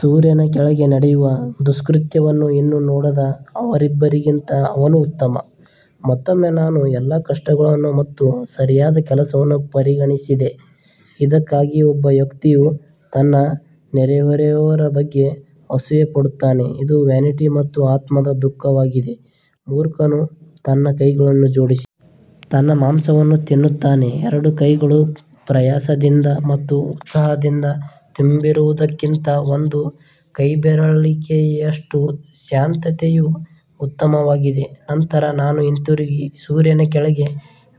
ಸೂರ್ಯನ ಕೆಳಗೆ ನಡೆಯುವ ದುಷ್ಕೃತ್ಯವನ್ನು ಇನ್ನೂ ನೋಡದ ಅವರಿಬ್ಬರಿಗಿಂತ ಅವನು ಉತ್ತಮ. ಮತ್ತೊಮ್ಮೆ ನಾನು ಎಲ್ಲಾ ಕಷ್ಟಗಳನ್ನು ಮತ್ತು ಸರಿಯಾದ ಕೆಲಸವನ್ನು ಪರಿಗಣಿಸಿದೆ, ಇದಕ್ಕಾಗಿ ಒಬ್ಬ ವ್ಯಕ್ತಿಯು ತನ್ನ ನೆರೆಹೊರೆಯವರ ಬಗ್ಗೆ ಅಸೂಯೆಪಡುತ್ತಾನೆ, ಇದು ವ್ಯಾನಿಟಿ ಮತ್ತು ಆತ್ಮದ ದುಃಖವಾಗಿದೆ. ಮೂರ್ಖನು ತನ್ನ ಕೈಗಳನ್ನು ಜೋಡಿಸಿ ತನ್ನ ಮಾಂಸವನ್ನು ತಿನ್ನುತ್ತಾನೆ ಎರಡೂ ಕೈಗಳು ಪ್ರಯಾಸದಿಂದ ಮತ್ತು ಉತ್ಸಾಹದಿಂದ ತುಂಬಿರುವುದಕ್ಕಿಂತ ಒಂದು ಕೈಬೆರಳೆಣಿಕೆಯಷ್ಟು ಶಾಂತತೆಯು ಉತ್ತಮವಾಗಿದೆ ನಂತರ ನಾನು ಹಿಂತಿರುಗಿ ಸೂರ್ಯನ ಕೆಳಗೆ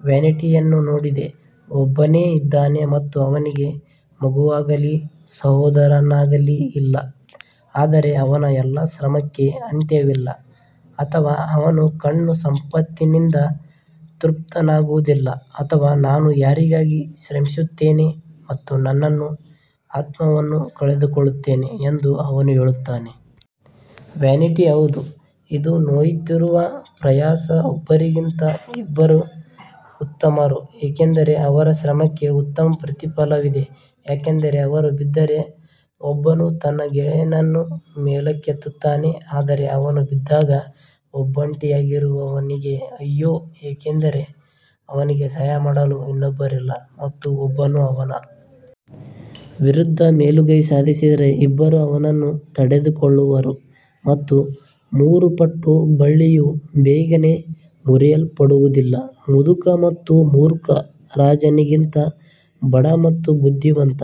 ವ್ಯಾನಿಟಿಯನ್ನು ನೋಡಿದೆ ಒಬ್ಬನೇ ಇದ್ದಾನೆ ಮತ್ತು ಅವನಿಗೆ ಮಗುವಾಗಲಿ ಸಹೋದರನಾಗಲಿ ಇಲ್ಲ, ಆದರೆ ಅವನ ಎಲ್ಲಾ ಶ್ರಮಕ್ಕೆ ಅಂತ್ಯವಿಲ್ಲ ಅಥವಾ ಅವನ ಕಣ್ಣು ಸಂಪತ್ತಿನಿಂದ ತೃಪ್ತನಾಗುವುದಿಲ್ಲ ಅಥವಾ ನಾನು ಯಾರಿಗಾಗಿ ಶ್ರಮಿಸುತ್ತೇನೆ ಮತ್ತು ನನ್ನ ಆತ್ಮವನ್ನು ಕಳೆದುಕೊಳ್ಳುತ್ತೇನೆ ಎಂದು ಅವನು ಹೇಳುತ್ತಾನೆ. ವ್ಯಾನಿಟಿ ಹೌದು ಇದು ನೋಯುತ್ತಿರುವ ಪ್ರಯಾಸ ಒಬ್ಬರಿಗಿಂತ ಇಬ್ಬರು ಉತ್ತಮರು ಏಕೆಂದರೆ ಅವರ ಶ್ರಮಕ್ಕೆ ಉತ್ತಮ ಪ್ರತಿಫಲವಿದೆ ಯಾಕಂದರೆ ಅವರು ಬಿದ್ದರೆ ಒಬ್ಬನು ತನ್ನ ಗೆಳೆಯನನ್ನು ಮೇಲಕ್ಕೆತ್ತುತ್ತಾನೆ ಆದರೆ ಅವನು ಬಿದ್ದಾಗ ಒಬ್ಬಂಟಿಯಾಗಿರುವವನಿಗೆ ಅಯ್ಯೋ, ಏಕೆಂದರೆ ಅವನಿಗೆ ಸಹಾಯ ಮಾಡಲು ಇನ್ನೊಬ್ಬರಿಲ್ಲ. ಮತ್ತು ಒಬ್ಬನು ಅವನ ವಿರುದ್ಧ ಮೇಲುಗೈ ಸಾಧಿಸಿದರೆ ಇಬ್ಬರು ಅವನನ್ನು ತಡೆದುಕೊಳ್ಳುವರು ಮತ್ತು ಮೂರು ಪಟ್ಟು ಬಳ್ಳಿಯು ಬೇಗನೆ ಮುರಿಯಲ್ಪಡುವುದಿಲ್ಲ ಮುದುಕ ಮತ್ತು ಮೂರ್ಖ ರಾಜನಿಗಿಂತ ಬಡ ಮತ್ತು ಬುದ್ಧಿವಂತ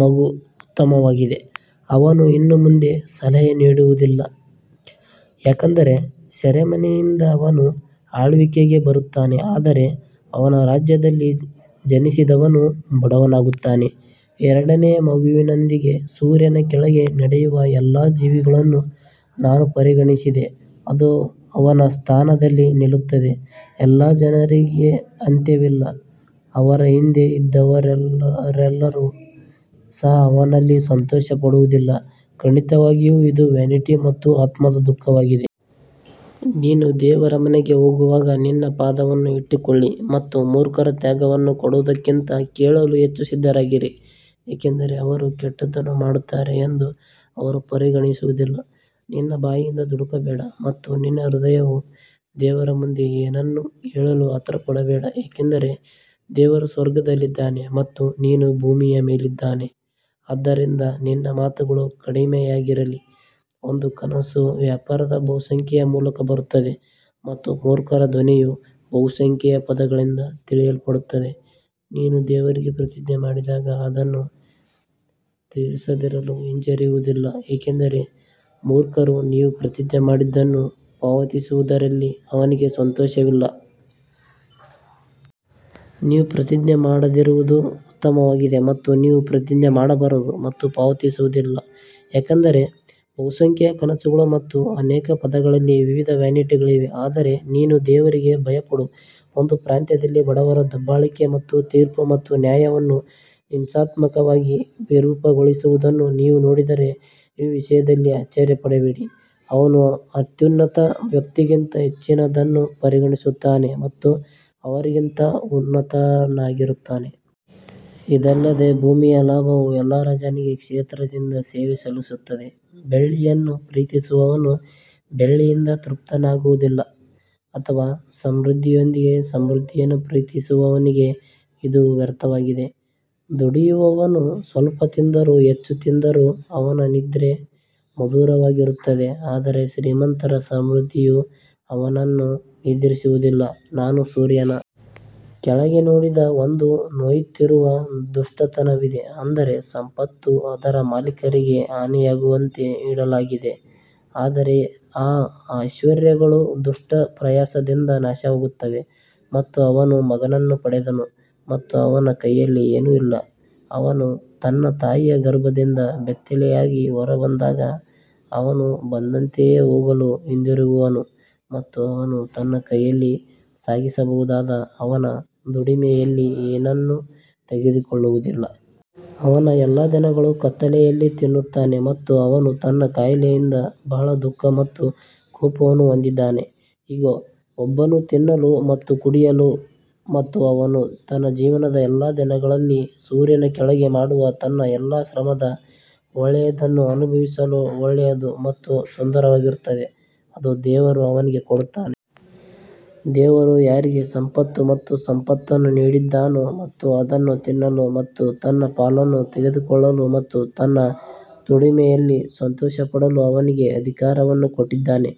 ಮಗು ಉತ್ತಮವಾಗಿದೆ, ಅವನು ಇನ್ನು ಮುಂದೆ ಸಲಹೆ ನೀಡುವುದಿಲ್ಲ ಯಾಕಂದರೆ ಸೆರೆಮನೆಯಿಂದ ಅವನು ಆಳ್ವಿಕೆಗೆ ಬರುತ್ತಾನೆ ಆದರೆ ಅವನ ರಾಜ್ಯದಲ್ಲಿ ಜನಿಸಿದವನು ಬಡವನಾಗುತ್ತಾನೆ ಎರಡನೇ ಮಗುವಿನೊಂದಿಗೆ ಸೂರ್ಯನ ಕೆಳಗೆ ನಡೆಯುವ ಎಲ್ಲ ಜೀವಿಗಳನ್ನು ನಾನು ಪರಿಗಣಿಸಿದೆ, ಅದು ಅವನ ಸ್ಥಾನದಲ್ಲಿ ನಿಲ್ಲುತ್ತದೆ ಎಲ್ಲಾ ಜನರಿಗೆ ಅಂತ್ಯವಿಲ್ಲ, ಅವರ ಹಿಂದೆ ಇದ್ದವರೆಲ್ಲರೂ ಸಹ ಅವನಲ್ಲಿ ಸಂತೋಷಪಡುವುದಿಲ್ಲ, ಖಂಡಿತವಾಗಿಯೂ ಇದು ವ್ಯಾನಿಟಿ ಮತ್ತು ಆತ್ಮದ ದುಃಖವಾಗಿದೆ. ನೀನು ದೇವರ ಮನೆಗೆ ಹೋಗುವಾಗ ನಿನ್ನ ಪಾದವನ್ನು ಇಟ್ಟುಕೊಳ್ಳಿ ಮತ್ತು ಮೂರ್ಖರ ತ್ಯಾಗವನ್ನು ಕೊಡುವುದಕ್ಕಿಂತ ಕೇಳಲು ಹೆಚ್ಚು ಸಿದ್ಧರಾಗಿರಿ ಏಕೆಂದರೆ ಅವರು ಕೆಟ್ಟದ್ದನ್ನು ಮಾಡುತ್ತಾರೆ ಎಂದು ಅವರು ಪರಿಗಣಿಸುವುದಿಲ್ಲ. ನಿನ್ನ ಬಾಯಿಂದ ದುಡುಕಬೇಡ ಮತ್ತು ನಿನ್ನ ಹೃದಯವು ದೇವರ ಮುಂದೆ ಏನನ್ನೂ ಹೇಳಲು ಆತುರಪಡಬೇಡ ಏಕೆಂದರೆ ದೇವರು ಸ್ವರ್ಗದಲ್ಲಿದ್ದಾನೆ ಮತ್ತು ನೀನು ಭೂಮಿಯ ಮೇಲಿದ್ದಾನೆ ಆದ್ದರಿಂದ ನಿನ್ನ ಮಾತುಗಳು ಕಡಿಮೆಯಾಗಿರಲಿ ಒಂದು ಕನಸು ವ್ಯಾಪಾರದ ಬಹುಸಂಖ್ಯೆಯ ಮೂಲಕ ಬರುತ್ತದೆ ಮತ್ತು ಮೂರ್ಖರ ಧ್ವನಿಯು ಬಹುಸಂಖ್ಯೆಯ ಪದಗಳಿಂದ ತಿಳಿಯಲ್ಪಡುತ್ತದೆ ನೀನು ದೇವರಿಗೆ ಪ್ರತಿಜ್ಞೆ ಮಾಡಿದಾಗ ಅದನ್ನು ತೀರಿಸದಿರಲು ಹಿಂಜರಿಯುವುದಿಲ್ಲ ಏಕೆಂದರೆ ಮೂರ್ಖರು ನೀವು ಪ್ರತಿಜ್ಞೆ ಮಾಡಿದ್ದನ್ನು ಪಾವತಿಸುವುದರಲ್ಲಿ ಅವನಿಗೆ ಸಂತೋಷವಿಲ್ಲ. ನೀವು ಪ್ರತಿಜ್ಞೆ ಮಾಡದಿರುವುದು ಉತ್ತಮವಾಗಿದೆ ಮತ್ತು ನೀವು ಪ್ರತಿಜ್ಞೆ ಮಾಡಬಾರದು ಮತ್ತು ಪಾವತಿಸುವುದಿಲ್ಲ ಯಾಕಂದರೆ ಬಹುಸಂಖ್ಯೆಯ ಕನಸುಗಳು ಮತ್ತು ಅನೇಕ ಪದಗಳಲ್ಲಿ ವಿವಿಧ ವ್ಯಾನಿಟಿಗಳಿವೆ ಆದರೆ ನೀನು ದೇವರಿಗೆ ಭಯಪಡು ಒಂದು ಪ್ರಾಂತ್ಯದಲ್ಲಿ ಬಡವರ ದಬ್ಬಾಳಿಕೆ ಮತ್ತು ತೀರ್ಪು ಮತ್ತು ನ್ಯಾಯವನ್ನು ಹಿಂಸಾತ್ಮಕವಾಗಿ ವಿರೂಪಗೊಳಿಸುವುದನ್ನು ನೀವು ನೋಡಿದರೆ, ಈ ವಿಷಯದಲ್ಲಿ ಆಶ್ಚರ್ಯಪಡಬೇಡಿ, ಅವನು ಅತ್ಯುನ್ನತ ವ್ಯಕ್ತಿಗಿಂತ ಹೆಚ್ಚಿನದನ್ನು ಪರಿಗಣಿಸುತ್ತಾನೆ ಮತ್ತು ಅವರಿಗಿಂತ ಉನ್ನತನಾಗಿರುತ್ತಾನೆ. ಇದಲ್ಲದೆ ಭೂಮಿಯ ಲಾಭವು ಎಲ್ಲಾ ರಾಜನಿಗೆ ಕ್ಷೇತ್ರದಿಂದ ಸೇವೆ ಸಲ್ಲಿಸುತ್ತದೆ ಬೆಳ್ಳಿಯನ್ನು ಪ್ರೀತಿಸುವವನು ಬೆಳ್ಳಿಯಿಂದ ತೃಪ್ತನಾಗುವುದಿಲ್ಲ ಅಥವಾ ಸಮೃದ್ಧಿಯೊಂದಿಗೆ ಸಮೃದ್ಧಿಯನ್ನು ಪ್ರೀತಿಸುವವನಿಗೆ ಇದು ವ್ಯರ್ಥವಾಗಿದೆ ದುಡಿಯುವವನು ಸ್ವಲ್ಪ ತಿಂದರೂ ಹೆಚ್ಚು ತಿಂದರೂ ಅವನ ನಿದ್ರೆ ಮಧುರವಾಗಿರುತ್ತದೆ ಆದರೆ ಶ್ರೀಮಂತರ ಸಮೃದ್ಧಿಯು ಅವನನ್ನು ನಿದ್ರಿಸುವುದಿಲ್ಲ. ನಾನು ಸೂರ್ಯನ ಕೆಳಗೆ ನೋಡಿದ ಒಂದು ನೋಯುತ್ತಿರುವ ದುಷ್ಟತನವಿದೆ, ಅಂದರೆ ಸಂಪತ್ತು ಅದರ ಮಾಲೀಕರಿಗೆ ಹಾನಿಯಾಗುವಂತೆ ಇಡಲಾಗಿದೆ ಆದರೆ ಆ ಐಶ್ವರ್ಯಗಳು ದುಷ್ಟ ಪ್ರಯಾಸದಿಂದ ನಾಶವಾಗುತ್ತವೆ ಮತ್ತು ಅವನು ಮಗನನ್ನು ಪಡೆದನು ಮತ್ತು ಅವನ ಕೈಯಲ್ಲಿ ಏನೂ ಇಲ್ಲ ಅವನು ತನ್ನ ತಾಯಿಯ ಗರ್ಭದಿಂದ ಬೆತ್ತಲೆಯಾಗಿ ಹೊರಬಂದಾಗ ಅವನು ಬಂದಂತೆಯೇ ಹೋಗಲು ಹಿಂದಿರುಗುವನು ಮತ್ತು ಅವನು ತನ್ನ ಕೈಯಲ್ಲಿ ಸಾಗಿಸಬಹುದಾದ ಅವನ ದುಡಿಮೆಯಲ್ಲಿ ಏನನ್ನೂ ತೆಗೆದುಕೊಳ್ಳುವುದಿಲ್ಲ. ಅವನ ಎಲ್ಲಾ ದಿನಗಳು ಕತ್ತಲೆಯಲ್ಲಿ ತಿನ್ನುತ್ತಾನೆ ಮತ್ತು ಅವನು ತನ್ನ ಕಾಯಿಲೆಯಿಂದ ಬಹಳ ದುಃಖ ಮತ್ತು ಕೋಪವನ್ನು ಹೊಂದಿದ್ದಾನೆ ಇಗೋ, ಒಬ್ಬನು ತಿನ್ನಲು ಮತ್ತು ಕುಡಿಯಲು ಮತ್ತು ಅವನು ತನ್ನ ಜೀವನದ ಎಲ್ಲಾ ದಿನಗಳಲ್ಲಿ ಸೂರ್ಯನ ಕೆಳಗೆ ಮಾಡುವ ತನ್ನ ಎಲ್ಲಾ ಶ್ರಮದ ಒಳ್ಳೆಯದನ್ನು ಅನುಭವಿಸಲು ಒಳ್ಳೆಯದು ಮತ್ತು ಸುಂದರವಾಗಿರುತ್ತದೆ, ಅದು ದೇವರು ಅವನಿಗೆ ಕೊಡುತ್ತಾನೆ. ದೇವರು ಯಾರಿಗೆ ಸಂಪತ್ತು ಮತ್ತು ಸಂಪತ್ತನ್ನು ನೀಡಿದ್ದಾನೋ ಮತ್ತು ಅದನ್ನು ತಿನ್ನಲು ಮತ್ತು ತನ್ನ ಪಾಲನ್ನು ತೆಗೆದುಕೊಳ್ಳಲು ಮತ್ತು ತನ್ನ ದುಡಿಮೆಯಲ್ಲಿ ಸಂತೋಷಪಡಲು ಅವನಿಗೆ ಅಧಿಕಾರವನ್ನು ಕೊಟ್ಟಿದ್ದಾನೆ,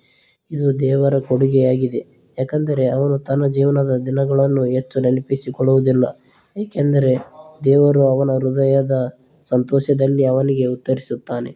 ಇದು ದೇವರ ಕೊಡುಗೆಯಾಗಿದೆ. ಯಾಕಂದರೆ ಅವನು ತನ್ನ ಜೀವನದ ದಿನಗಳನ್ನು ಹೆಚ್ಚು ನೆನಪಿಸಿಕೊಳ್ಳುವುದಿಲ್ಲ ಏಕೆಂದರೆ ದೇವರು ಅವನ ಹೃದಯದ ಸಂತೋಷದಲ್ಲಿ ಅವನಿಗೆ ಉತ್ತರಿಸುತ್ತಾನೆ.